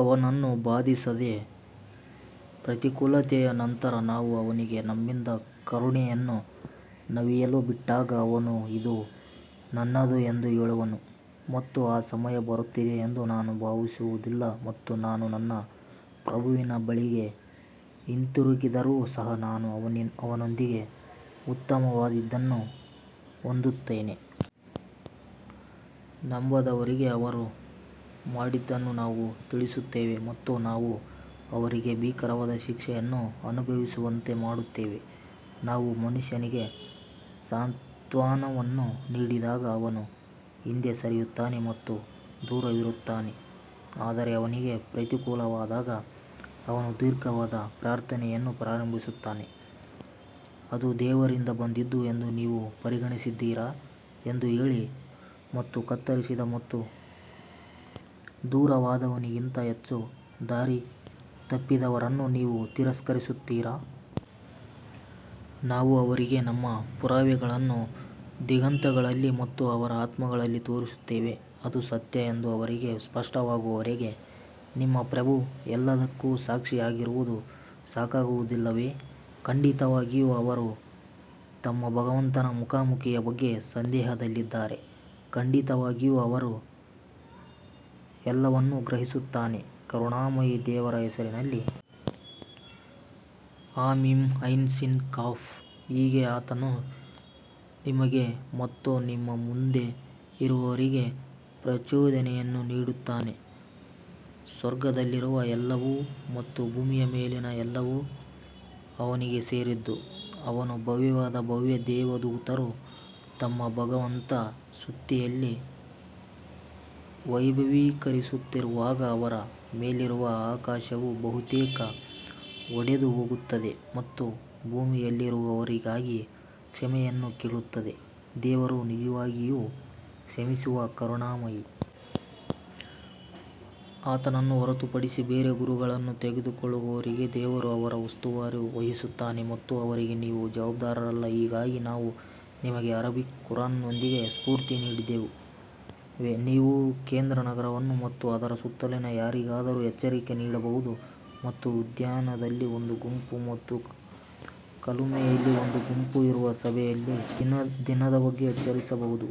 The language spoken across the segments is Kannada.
ಅವನನ್ನು ಬಾಧಿಸಿದ ಪ್ರತಿಕೂಲತೆಯ ನಂತರ ನಾವು ಅವನಿಗೆ ನಮ್ಮಿಂದ ಕರುಣೆಯನ್ನು ಸವಿಯಲು ಬಿಟ್ಟಾಗ ಅವನು ಇದು ನನ್ನದು ಎಂದು ಹೇಳುವನು ಮತ್ತು ಆ ಸಮಯ ಬರುತ್ತಿದೆ ಎಂದು ನಾನು ಭಾವಿಸುವುದಿಲ್ಲ ಮತ್ತು ನಾನು ನನ್ನ ಪ್ರಭುವಿನ ಬಳಿಗೆ ಹಿಂತಿರುಗಿದರೂ ಸಹ ನಾನು ಅವನೊಂದಿಗೆ ಉತ್ತಮವಾದದ್ದನ್ನು ಹೊಂದುತ್ತೇನೆ. ನಂಬದವರಿಗೆ ಅವರು ಮಾಡಿದ್ದನ್ನು ನಾವು ತಿಳಿಸುತ್ತೇವೆ ಮತ್ತು ನಾವು ಅವರಿಗೆ ಭೀಕರವಾದ ಶಿಕ್ಷೆಯನ್ನು ಅನುಭವಿಸುವಂತೆ ಮಾಡುತ್ತೇವೆ ನಾವು ಮನುಷ್ಯನಿಗೆ ಸಾಂತ್ವನವನ್ನು ನೀಡಿದಾಗ ಅವನು ಹಿಂದೆ ಸರಿಯುತ್ತಾನೆ ಮತ್ತು ದೂರವಿರುತ್ತಾನೆ ಆದರೆ ಅವನಿಗೆ ಪ್ರತಿಕೂಲವಾದಾಗ ಅವನು ದೀರ್ಘವಾದ ಪ್ರಾರ್ಥನೆಯನ್ನು ಪ್ರಾರಂಭಿಸುತ್ತಾನೆ. ಅದು ದೇವರಿಂದ ಬಂದದ್ದು ಎಂದು ನೀವು ಪರಿಗಣಿಸಿದ್ದೀರಾ ಎಂದು ಹೇಳಿ ಮತ್ತು ಕತ್ತರಿಸಿದ ಮತ್ತು ದೂರವಾದವನಿಗಿಂತ ಹೆಚ್ಚು ದಾರಿತಪ್ಪಿದವರನ್ನು ನೀವು ತಿರಸ್ಕರಿಸುತ್ತೀರಾ? ನಾವು ಅವರಿಗೆ ನಮ್ಮ ಪುರಾವೆಗಳನ್ನು ದಿಗಂತಗಳಲ್ಲಿ ಮತ್ತು ಅವರ ಆತ್ಮಗಳಲ್ಲಿ ತೋರಿಸುತ್ತೇವೆ ಅದು ಸತ್ಯ ಎಂದು ಅವರಿಗೆ ಸ್ಪಷ್ಟವಾಗುವವರೆಗೆ ನಿಮ್ಮ ಪ್ರಭು ಎಲ್ಲದಕ್ಕೂ ಸಾಕ್ಷಿಯಾಗಿರುವುದು ಸಾಕಾಗುವುದಿಲ್ಲವೇ? ಖಂಡಿತವಾಗಿಯೂ ಅವರು ತಮ್ಮ ಭಗವಂತನ ಮುಖಾಮುಖಿಯ ಬಗ್ಗೆ ಸಂದೇಹದಲ್ಲಿದ್ದಾರೆ, ಖಂಡಿತವಾಗಿಯೂ ಅವನು ಎಲ್ಲವನ್ನೂ ಗ್ರಹಿಸುತ್ತಾನೆ ಕರುಣಾಮಯಿ ದೇವರ ಹೆಸರಿನಲ್ಲಿ ಹಾ ಮೀಮ್ ಐನ್ ಸೀನ್ ಕಾಫ್ ಹೀಗೆ ಆತನು ನಿಮಗೆ ಮತ್ತು ನಿಮ್ಮ ಮುಂದೆ ಇರುವವರಿಗೆ ಪ್ರಚೋದನೆಯನ್ನು ನೀಡುತ್ತಾನೆ ಸ್ವರ್ಗದಲ್ಲಿರುವ ಎಲ್ಲವೂ ಮತ್ತು ಭೂಮಿಯ ಮೇಲಿನ ಎಲ್ಲವೂ ಅವನಿಗೆ ಸೇರಿದ್ದು, ಅವನು ಭವ್ಯವಾದ ಭವ್ಯ ದೇವದೂತರು ತಮ್ಮ ಭಗವಂತನ ಸ್ತುತಿಯನ್ನು ವೈಭವೀಕರಿಸುತ್ತಿರುವಾಗ ಅವರ ಮೇಲಿರುವ ಆಕಾಶವು ಬಹುತೇಕ ಒಡೆದುಹೋಗುತ್ತದೆ ಮತ್ತು ಭೂಮಿಯಲ್ಲಿರುವವರಿಗಾಗಿ ಕ್ಷಮೆಯನ್ನು ಕೇಳುತ್ತದೆ, ದೇವರು ನಿಜವಾಗಿಯೂ ಕ್ಷಮಿಸುವ ಕರುಣಾಮಯಿ. ಆತನನ್ನು ಹೊರತುಪಡಿಸಿ ಬೇರೆ ಗುರುಗಳನ್ನು ತೆಗೆದುಕೊಳ್ಳುವವರಿಗೆ ದೇವರು ಅವರ ಉಸ್ತುವಾರಿ ವಹಿಸುತ್ತಾನೆ ಮತ್ತು ಅವರಿಗೆ ನೀವು ಜವಾಬ್ದಾರರಲ್ಲ ಹೀಗಾಗಿ ನಾವು ನಿಮಗೆ ಅರೇಬಿಕ್ ಖುರಾನ್ನೊಂದಿಗೆ ಸ್ಫೂರ್ತಿ ನೀಡಿದ್ದೇವೆ, ನೀವು ಕೇಂದ್ರ ನಗರವನ್ನು ಮತ್ತು ಅದರ ಸುತ್ತಲಿನ ಯಾರಿಗಾದರೂ ಎಚ್ಚರಿಕೆ ನೀಡಬಹುದು ಮತ್ತು ಉದ್ಯಾನದಲ್ಲಿ ಒಂದು ಗುಂಪು ಮತ್ತು ಕುಲುಮೆಯಲ್ಲಿ ಒಂದು ಗುಂಪು ಇರುವ ಸಭೆಯ ದಿನದ ಬಗ್ಗೆ ಎಚ್ಚರಿಸಬಹುದು.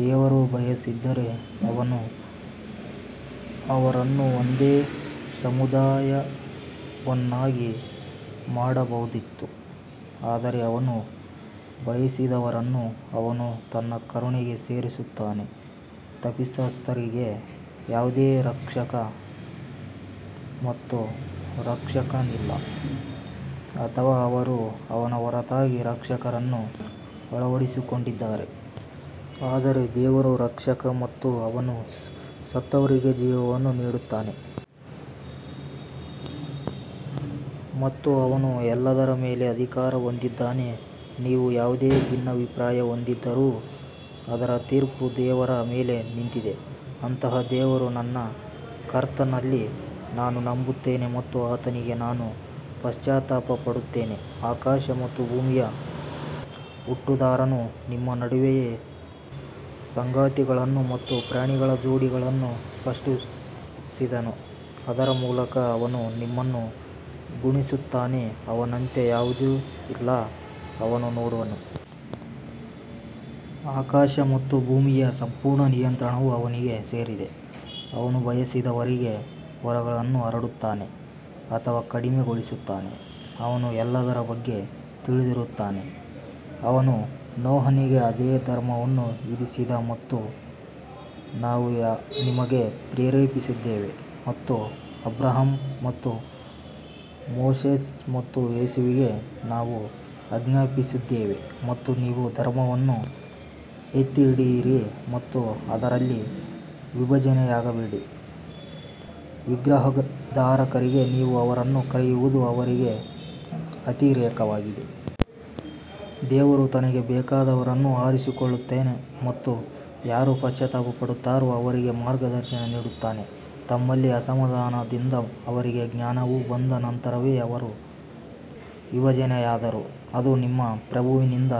ದೇವರು ಬಯಸಿದ್ದರೆ ಅವನು ಅವರನ್ನು ಒಂದೇ ಸಮುದಾಯವನ್ನಾಗಿ ಮಾಡಬಹುದಿತ್ತು ಆದರೆ ಅವನು ಬಯಸಿದವರನ್ನು ಅವನು ತನ್ನ ಕರುಣೆಗೆ ಸೇರಿಸುತ್ತಾನೆ, ತಪ್ಪಿತಸ್ಥರಿಗೆ ಯಾವುದೇ ರಕ್ಷಕ ಮತ್ತು ರಕ್ಷಕನಿಲ್ಲ ಅಥವಾ ಅವರು ಅವನ ಹೊರತಾಗಿ ರಕ್ಷಕರನ್ನು ಅಳವಡಿಸಿಕೊಂಡಿದ್ದಾರೆ ಆದರೆ ದೇವರು ರಕ್ಷಕ ಮತ್ತು ಅವನು ಸತ್ತವರಿಗೆ ಜೀವವನ್ನು ನೀಡುತ್ತಾನೆ ಮತ್ತು ಅವನು ಎಲ್ಲದರ ಮೇಲೆ ಅಧಿಕಾರ ಹೊಂದಿದ್ದಾನೆ ನೀವು ಯಾವುದೇ ಭಿನ್ನಾಭಿಪ್ರಾಯ ಹೊಂದಿದ್ದರೂ ಅದರ ತೀರ್ಪು ದೇವರ ಮೇಲೆ ನಿಂತಿದೆ ಅಂತಹ ದೇವರು ನನ್ನ ಕರ್ತನಲ್ಲಿ ನಾನು ನಂಬುತ್ತೇನೆ ಮತ್ತು ಆತನಿಗೆ ನಾನು ಪಶ್ಚಾತ್ತಾಪ ಪಡುತ್ತೇನೆ ಆಕಾಶ ಮತ್ತು ಭೂಮಿಯ ಹುಟ್ಟುದಾರನು ನಿಮ್ಮ ನಡುವೆಯೇ ಸಂಗಾತಿಗಳನ್ನು ಮತ್ತು ಪ್ರಾಣಿಗಳ ಜೋಡಿಗಳನ್ನು ಸೃಷ್ಟಿಸಿದನು, ಅದರ ಮೂಲಕ ಅವನು ನಿಮ್ಮನ್ನು ಗುಣಿಸುತ್ತಾನೆ ಅವನಂತೆ ಯಾವುದೂ ಇಲ್ಲ, ಅವನು ನೋಡುವವನು. ಆಕಾಶ ಮತ್ತು ಭೂಮಿಯ ಸಂಪೂರ್ಣ ನಿಯಂತ್ರಣವು ಅವನಿಗೆ ಸೇರಿದೆ, ಅವನು ಬಯಸಿದವರಿಗೆ ವರಗಳನ್ನು ಹರಡುತ್ತಾನೆ ಅಥವಾ ಕಡಿಮೆಗೊಳಿಸುತ್ತಾನೆ, ಅವನು ಎಲ್ಲದರ ಬಗ್ಗೆ ತಿಳಿದಿರುತ್ತಾನೆ. ಅವನು ನೋಹನಿಗೆ ಅದೇ ಧರ್ಮವನ್ನು ವಿಧಿಸಿದನು ಮತ್ತು ನಾವು ನಿಮಗೆ ಪ್ರೇರೇಪಿಸಿದ್ದೇವೆ ಮತ್ತು ಅಬ್ರಹಾಂ ಮತ್ತು ಮೋಸೆಸ್ ಮತ್ತು ಯೇಸುವಿಗೆ ನಾವು ಆಜ್ಞಾಪಿಸಿದ್ದೇವೆ ಮತ್ತು ನೀವು ಧರ್ಮವನ್ನು ಎತ್ತಿಹಿಡಿಯಿರಿ ಮತ್ತು ಅದರಲ್ಲಿ ವಿಭಜನೆಯಾಗಬೇಡಿ ವಿಗ್ರಹಾರಾಧಕರಿಗೆ ನೀವು ಅವರನ್ನು ಕರೆಯುವುದು ಅವರಿಗೆ ಅತಿರೇಕವಾಗಿದೆ. ದೇವರು ತನಗೆ ಬೇಕಾದವರನ್ನು ಆರಿಸಿಕೊಳ್ಳುತ್ತಾನೆ ಮತ್ತು ಯಾರು ಪಶ್ಚಾತ್ತಾಪ ಪಡುತ್ತಾರೋ ಅವರಿಗೆ ಮಾರ್ಗದರ್ಶನ ನೀಡುತ್ತಾನೆ ತಮ್ಮಲ್ಲಿನ ಅಸಮಾಧಾನದಿಂದ ಅವರಿಗೆ ಜ್ಞಾನವು ಬಂದ ನಂತರವೇ ಅವರು ವಿಭಜನೆಯಾದರು, ಅದು ನಿಮ್ಮ ಪ್ರಭುವಿನಿಂದ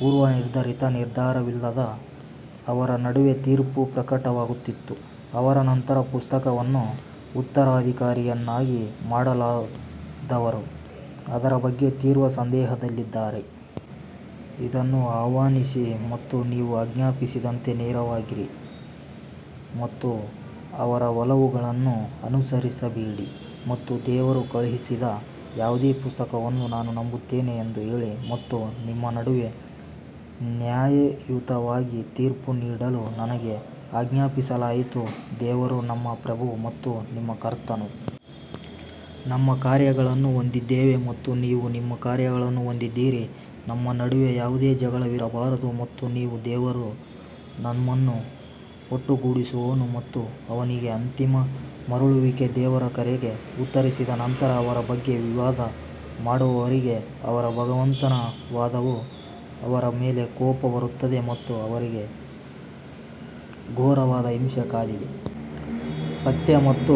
ಪೂರ್ವನಿರ್ಧರಿತ ನಿರ್ಧಾರವಿಲ್ಲದೆ ಅವರ ನಡುವೆ ತೀರ್ಪು ಪ್ರಕಟವಾಗುತ್ತಿತ್ತು, ಅವರ ನಂತರ ಪುಸ್ತಕವನ್ನು ಉತ್ತರಾಧಿಕಾರಿಯನ್ನಾಗಿ ಮಾಡಲಾದವರು ಅದರ ಬಗ್ಗೆ ತೀವ್ರ ಸಂದೇಹದಲ್ಲಿದ್ದಾರೆ. ಇದನ್ನು ಆಹ್ವಾನಿಸಿ ಮತ್ತು ನೀವು ಆಜ್ಞಾಪಿಸಿದಂತೆ ನೇರವಾಗಿರಿ ಮತ್ತು ಅವರ ಒಲವುಗಳನ್ನು ಅನುಸರಿಸಬೇಡಿ ಮತ್ತು ದೇವರು ಕಳುಹಿಸಿದ ಯಾವುದೇ ಪುಸ್ತಕವನ್ನು ನಾನು ನಂಬುತ್ತೇನೆ ಎಂದು ಹೇಳಿ ಮತ್ತು ನಿಮ್ಮ ನಡುವೆ ನ್ಯಾಯಯುತವಾಗಿ ತೀರ್ಪು ನೀಡಲು ನನಗೆ ಆಜ್ಞಾಪಿಸಲಾಯಿತು ದೇವರು ನಮ್ಮ ಪ್ರಭು ಮತ್ತು ನಿಮ್ಮ ಕರ್ತನು ನಮ್ಮ ಕಾರ್ಯಗಳನ್ನು ಹೊಂದಿದ್ದೇವೆ ಮತ್ತು ನೀವು ನಿಮ್ಮ ಕಾರ್ಯಗಳನ್ನು ಹೊಂದಿದ್ದೀರಿ ನಮ್ಮ ನಡುವೆ ಯಾವುದೇ ಜಗಳವಿರಬಾರದು ಮತ್ತು ನೀವು ದೇವರು ನಮ್ಮನ್ನು ಒಟ್ಟುಗೂಡಿಸುವನು ಮತ್ತು ಅವನಿಗೇ ಅಂತಿಮ ಮರಳುವಿಕೆ ದೇವರ ಕರೆಗೆ ಉತ್ತರಿಸಿದ ನಂತರ ಅವರ ಬಗ್ಗೆ ವಿವಾದ ಮಾಡುವವರಿಗೆ ಅವರ ಭಗವಂತನ ವಾದವು ಅವರ ಮೇಲೆ ಕೋಪ ಬರುತ್ತದೆ ಮತ್ತು ಅವರಿಗೆ ಘೋರವಾದ ಹಿಂಸೆ ಕಾದಿದೆ. ಸತ್ಯ ಮತ್ತು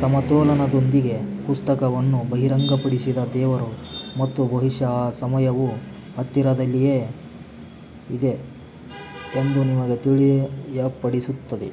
ಸಮತೋಲನದೊಂದಿಗೆ ಪುಸ್ತಕವನ್ನು ಬಹಿರಂಗಪಡಿಸಿದ ದೇವರು ಮತ್ತು ಬಹುಶಃ ಆ ಸಮಯವು ಹತ್ತಿರದಲ್ಲಿದೆ ಎಂದು ನಿಮಗೆ ತಿಳಿಯಪಡಿಸುತ್ತದೆ.